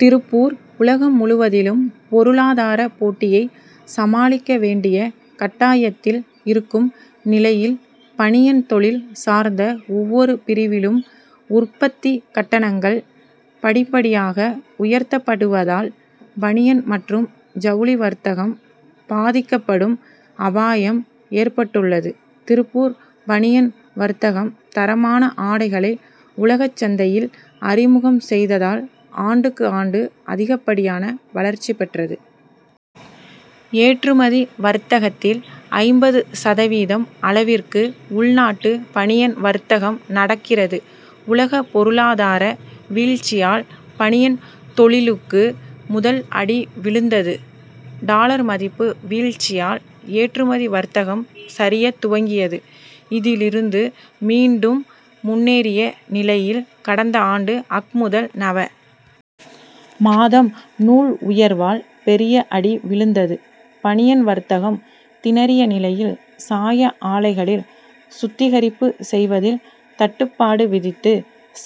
திருப்பூர் உலகம் முழுவதிலும் பொருளாதார போட்டியை சமாளிக்க வேண்டிய கட்டாயத்தில் இருக்கும் நிலையில் பனியன் தொழில் சார்ந்த ஒவ்வொரு பிரிவிலும் உற்பத்தி கட்டணங்கள் படிப்படியாக உயர்த்தப்படுவதால் பனியன் மற்றும் ஜவுளி வர்த்தகம் பாதிக்கப்படும் அபாயம் ஏற்பட்டுள்ளது. திருப்பூர் பனியன் வர்த்தகம் தரமான ஆடைகளை உலகச் சந்தையில் அறிமுகம் செய்ததால் ஆண்டுக்கு ஆண்டு அதிகப்படியான வளர்ச்சி பெற்றது. ஏற்றுமதி வர்த்தகத்தில் ஐம்பது சதவீதம் அளவிற்கு உள்நாட்டு பனியன் வர்த்தகம் நடக்கிறது. உலக பொருளாதார வீழ்ச்சியால் பனியன் தொழிலுக்கு முதல் அடி விழுந்தது. டாலர் மதிப்பு வீழ்ச்சியால் ஏற்றுமதி வர்த்தகம் சரியத் துவங்கியது. இதிலிருந்து மீண்டும் முன்னேறிய நிலையில் கடந்த ஆண்டு அக். முதல் நவ. மாதம் நூல் உயர்வால் பெரிய அடி விழுந்தது. பனியன் வர்த்தகம் திணறிய நிலையில் சாய ஆலைகளில் சுத்திகரிப்பு செய்வதில் கட்டுப்பாடு விதித்து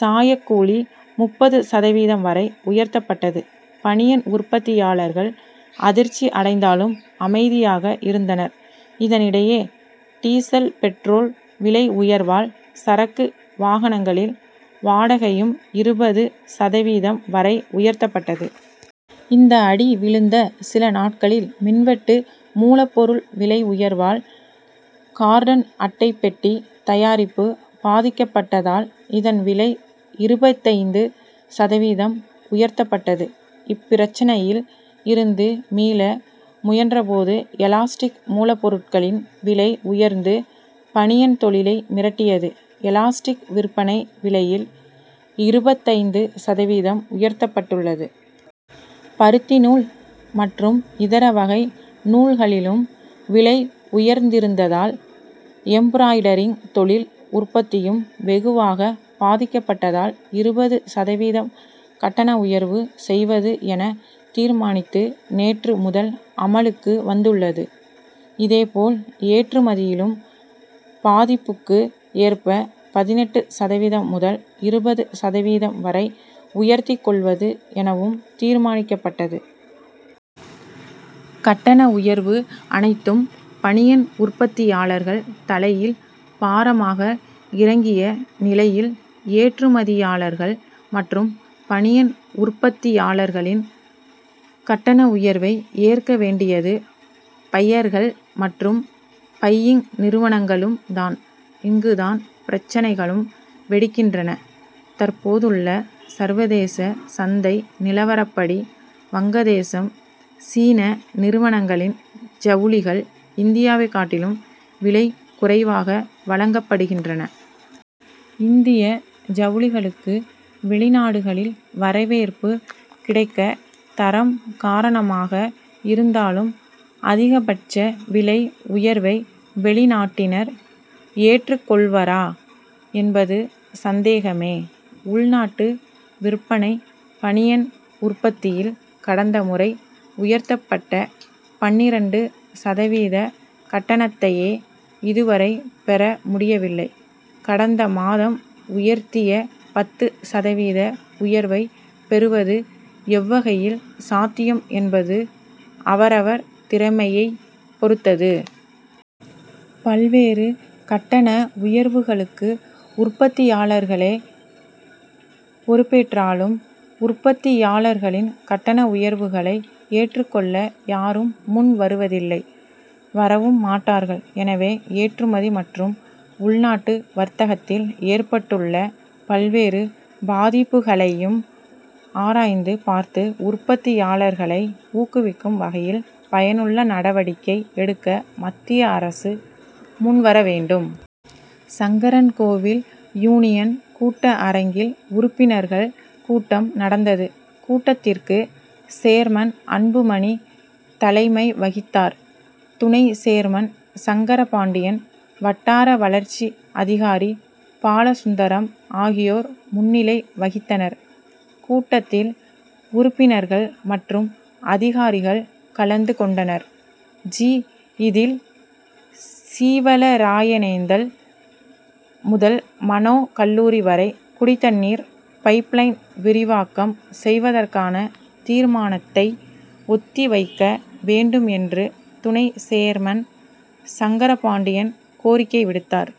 சாயக்கூலி முப்பது சதவீதம் வரை உயர்த்தப்பட்டது. பனியன் உற்பத்தியாளர்கள் அதிர்ச்சி அடைந்தாலும் அமைதியாக இருந்தனர். இதனிடையே டீசல் பெட்ரோல் விலை உயர்வால் சரக்கு வாகனங்களில் வாடகையும் இருபது சதவீதம் வரை உயர்த்தப்பட்டது. இந்த அடி விழுந்த சில நாட்களில் மின்வெட்டு மூலப்பொருள் விலை உயர்வால் கார்டன் அட்டைப் பெட்டி தயாரிப்பு பாதிக்கப்பட்டதால் இதன் விலை இருபத்தைந்து சதவீதம் உயர்த்தப்பட்டது. இப்பிரச்னையில் இருந்து மீள முயன்ற போது எலாஸ்டிக் மூலப்பொருட்களின் விலை உயர்ந்து பனியன் தொழிலை மிரட்டியது. எலாஸ்டிக் விற்பனை விலையில் இருபத்தைந்து சதவீதம் உயர்த்தப்பட்டுள்ளது. பருத்தி நூல் மற்றும் இதர வகை நூல்களிலும் விலை உயர்ந்திருந்ததால் எம்ப்ராய்டரிங் தொழில் உற்பத்தியும் வெகுவாக பாதிக்கப்பட்டதால் இருபது சதவீதம் கட்டண உயர்வு செய்வது என தீர்மானித்து நேற்று முதல் அமலுக்கு வந்துள்ளது. இதேபோல் ஏற்றுமதியிலும் பாதிப்புக்கு ஏற்ப பதினெட்டு சதவீதம் முதல் இருபது சதவீதம் வரை உயர்த்திக் கொள்வது எனவும் தீர்மானிக்கப்பட்டது. கட்டண உயர்வு அனைத்தும் பனியன் உற்பத்தியாளர்கள் தலையில் பாரமாக இறங்கிய நிலையில் ஏற்றுமதியாளர்கள் மற்றும் பனியன் உற்பத்தியாளர்களின் கட்டண உயர்வை ஏற்க வேண்டியது பையர்கள் மற்றும் பையிங் நிறுவனங்களும் தான். இங்கு தான் பிரச்னைகளும் வெடிக்கின்றன. தற்போதுள்ள சர்வதேச சந்தை நிலவரப்படி வங்கதேசம் சீன நிறுவனங்களின் ஜவுளிகள் இந்தியாவை காட்டிலும் விலை குறைவாக வழங்கப்படுகின்றன. இந்திய ஜவுளிகளுக்கு வெளிநாடுகளில் வரவேற்பு கிடைக்க தரம் காரணமாக இருந்தாலும் அதிகபட்ச விலை உயர்வை வெளிநாட்டினர் ஏற்றுக்கொள்வரா என்பது சந்தேகமே. உள்நாட்டு விற்பனை பனியன் உற்பத்தியில் கடந்த முறை உயர்த்தப்பட்ட பன்னிரண்டு சதவீத கட்டணத்தையே இதுவரை பெற முடியவில்லை. கடந்த மாதம் உயர்த்திய பத்து சதவீத உயர்வை பெறுவது எவ்வகையில் சாத்தியம் என்பது அவரவர் திறமையை பொருத்தது. பல்வேறு கட்டண உயர்வுகளுக்கு உற்பத்தியாளர்களே பொறுப்பேற்றாலும் உற்பத்தியாளர்களின் கட்டண உயர்வுகளை ஏற்றுக்கொள்ள யாரும் முன்வருவதில்லை வரவும் மாட்டார்கள். எனவே ஏற்றுமதி மற்றும் உள்நாட்டு வர்த்தகத்தில் ஏற்பட்டுள்ள பல்வேறு பாதிப்புகளையும் ஆராய்ந்து பார்த்து உற்பத்தியாளர்களை ஊக்குவிக்கும் வகையில் பயனுள்ள நடவடிக்கை எடுக்க மத்திய அரசு முன்வர வேண்டும். சங்கரன்கோவில் யூனியன் கூட்ட அரங்கில் உறுப்பினர்கள் கூட்டம் நடந்தது. கூட்டத்திற்கு சேர்மன் அன்புமணி தலைமை வகித்தார். துணை சேர்மன் சங்கரபாண்டியன் வட்டார வளர்ச்சி அதிகாரி பாலசுந்தரம் ஆகியோர் முன்னிலை வகித்தனர். கூட்டத்தில் உறுப்பினர்கள் மற்றும் அதிகாரிகள் கலந்து கொண்டனர். ஜி. இதில் சீவலராயனேந்தல் முதல் மனோ கல்லூரி வரை குடிதண்ணீர் பைப் லைன் விரிவாக்கம் செய்வதற்கான தீர்மானத்தை ஒத்தி வைக்க வேண்டும் என்று துணை சேர்மன் சங்கரபாண்டியன் கோரிக்கை விடுத்தார்.